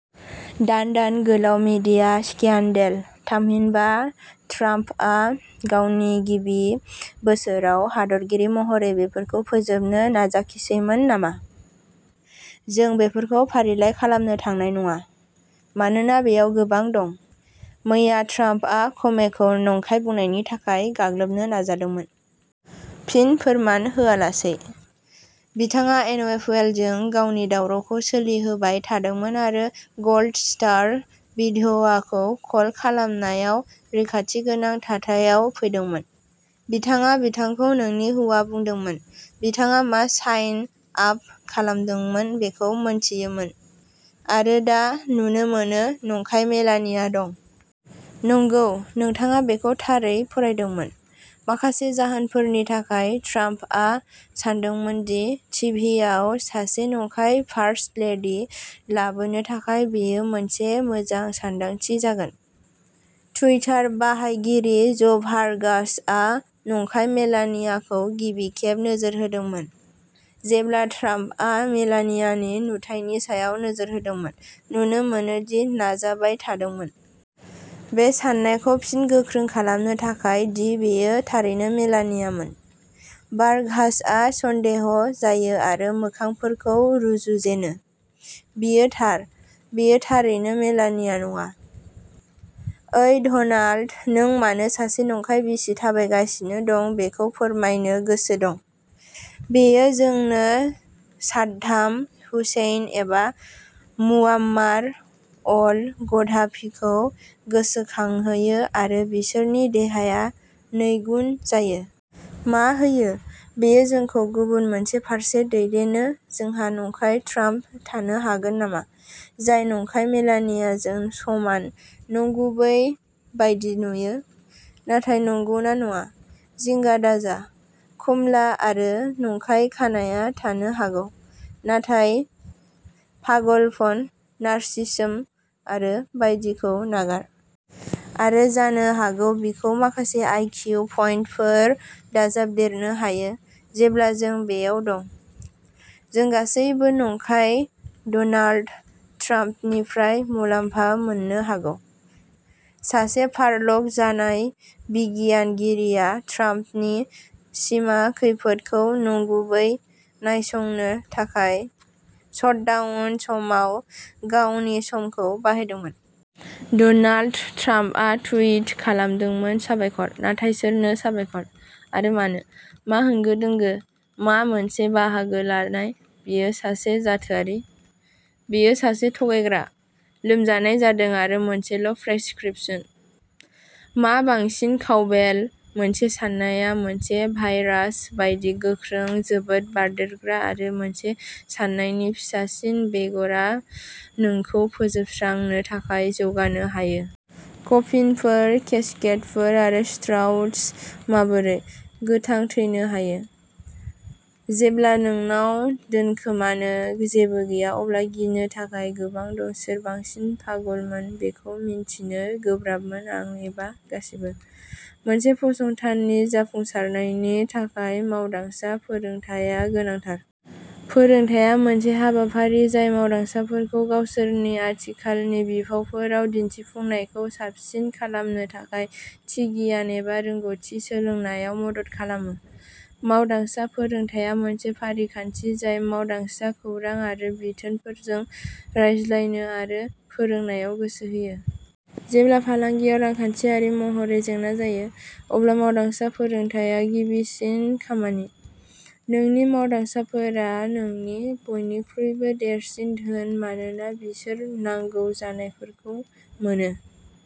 दान-दान गोलाव media scandal. थामहिनबा, ट्राम्पआ गावनि गिबि बोसोराव हादरगिरि महरै बेफोरखौ फोजोबनो नाजाखिसैमोन नामा। जों बेफोरखौ फारिलाइ खालामनो थांनाय नङा, मानोना बेयाव गोबां दं। मैया ट्राम्पआ कमेखौ नंखाय बुंनायनि थाखाय गाग्लोबनो नाजादोंमोन। फिन, फोरमान होआलासै। बिथाङा एनएफएलजों गावनि दावरावखौ सोलिहोबाय थादोंमोन आरो गल्ड स्टार बिधवाखौ कल खालामनायाव रैखाथि गोनां थाथायाव फैदोंमोन। बिथाङा बिथांखौ नोंनि हौवा बुंदोंमोन बिथाङा मा साइन आप खालामदोंमोन बेखौ मोनथियोमोन। आरो दा, नुनो मोनो, नंखाय मेलानिया दं। नंगौ, नोंथाङा बेखौ थारै फरायदोंमोन। माखासे जाहोनफोरनि थाखाय, ट्राम्पआ सानदोंमोन दि टिभिआव सासे नंखाय फार्स्ट लेडि लाबोनो थाखाय बेयो मोनसे मोजां सानदांथि जागोन। टुइटार बाहायगिरि ज'भार्गासआ नंखाय मेलानियाखौ गिबि खेब नोजोर होदोंमोन जेब्ला ट्राम्पआ मेलानियानि नुथायनि सायाव नोजोर होदोंमोन, नुनो मोनो दि नाजाबाय थादोंमोन। बे साननायखौ फिन गोख्रों खालामनो थाखाय दि बेयो थारैनो मेलानियामोन। भार्गासआ सन्देह' जायो आरो मोखांफोरखौ रुजुजेनो। बियो थार। बेयो थारैनो मेलानिया नङा। ओइ, डनाल्ड, नों मानो सासे नंखाय बिसि थाबायगासिनो दं बेखौ फोरमायनो गोसो दं, बेयो जोंनो साद्दाम हुसैन एबा मुअम्मार अल-गद्दाफीखौ गोसोखांहोयो आरो बिसोरनि देहाया नैगुन जायो। मा होयो, बेयो जोंखौ गुबुन मोनसे फारसे दैदेनो जोंहा नंखाय ट्राम्प थानो हागोन नामा? जाय नंखाय मेलानियाजों समान, नंगुबै बायदि नुयो, नाथाय नंगौना नङा? जिंगा दाजा, कमला आरो नंखाय खानाया थानो हागौ, नाथाय पागलपन, नारसिसम आरो बायदिखौ नागार। आरो जानो हागौ बिखौ माखासे आइ किउ पइन्टफोर दाजाबदेरनो हायो, जेब्ला जों बेयाव दं। जों गासैबो नंखाय डनाल्ड ट्राम्पनिफ्राय मुलाम्फा मोननो हागौ। सासे फार्ल'ग जानाय बिगियानगिरिया ट्राम्पनि सिमा खैफोद खौ नंगुबै नायसंनो थाखाय शटडाउननि समाव गावनि समखौ बाहायदोंमोन। डनाल्ड ट्राम्पआ टुइट खालामदोंमोन साबायखर। नाथाय सोरनो साबायखर? आरो मानो? मा होंगो दोंगो, मा मोनसे बाहागो लानाय बियो सासे जाथोआरि। बियो सासे थगायग्रा। लोमजानाय जादों आरो मोनसेल' प्रेसक्रिप्शन। मा बांसिन काउबेल मोनसे साननाया मोनसे भाइरास बायदि, गोख्रों, जोबोद बारदेरग्रा आरो मोनसे साननायनि फिसासिन बेगरआ नोंखौ फोजोबस्रांनो थाखाय जौगानो हायो। कफिनफोर, केस्केटफोर आरो श्राउडस माबोरै' गोथां थैनो हायो। जेब्ला नोंनाव दोनखोमानो जेबो गैया अब्ला गिनो थाखाय गोबां दं सोर बांसिन पागलमोन बेखौ मिन्थिनो गोब्राबमोन आं एबा गासैबो। मोनसे फसंथाननि जाफुंसारनायनि थाखाय मावदांसा फोरोंथाया गोनांथार। फोरोंथाया मोनसे हाबाफारि जाय मावदांसाफोरखौ गावसोरनि आथिखालनि बिफावफोराव दिन्थिफुंनायखौ साबसिन खालामनो थाखाय थि गियान एबा रोंग'थि सोलोंनायाव मदद खालामो। मावदांसा फोरोंथाया मोनसे फारिखान्थि जाय मावदांसा खौरां आरो बिथोनफोरजों रायज्लायनो आरो फोरोंनायाव गोसो होयो। जेब्ला फालांगियाव रांखान्थियारि महरै जेंना जायो, अब्ला मावदांसा फोरोंथाया गिबिसिन खामानि। नोंनि मावदांसाफोरा नोंनि बयनिख्रुइबो देरसिन धोन मानोना बिसोर नांगौ जानायफोरखौ मोनो।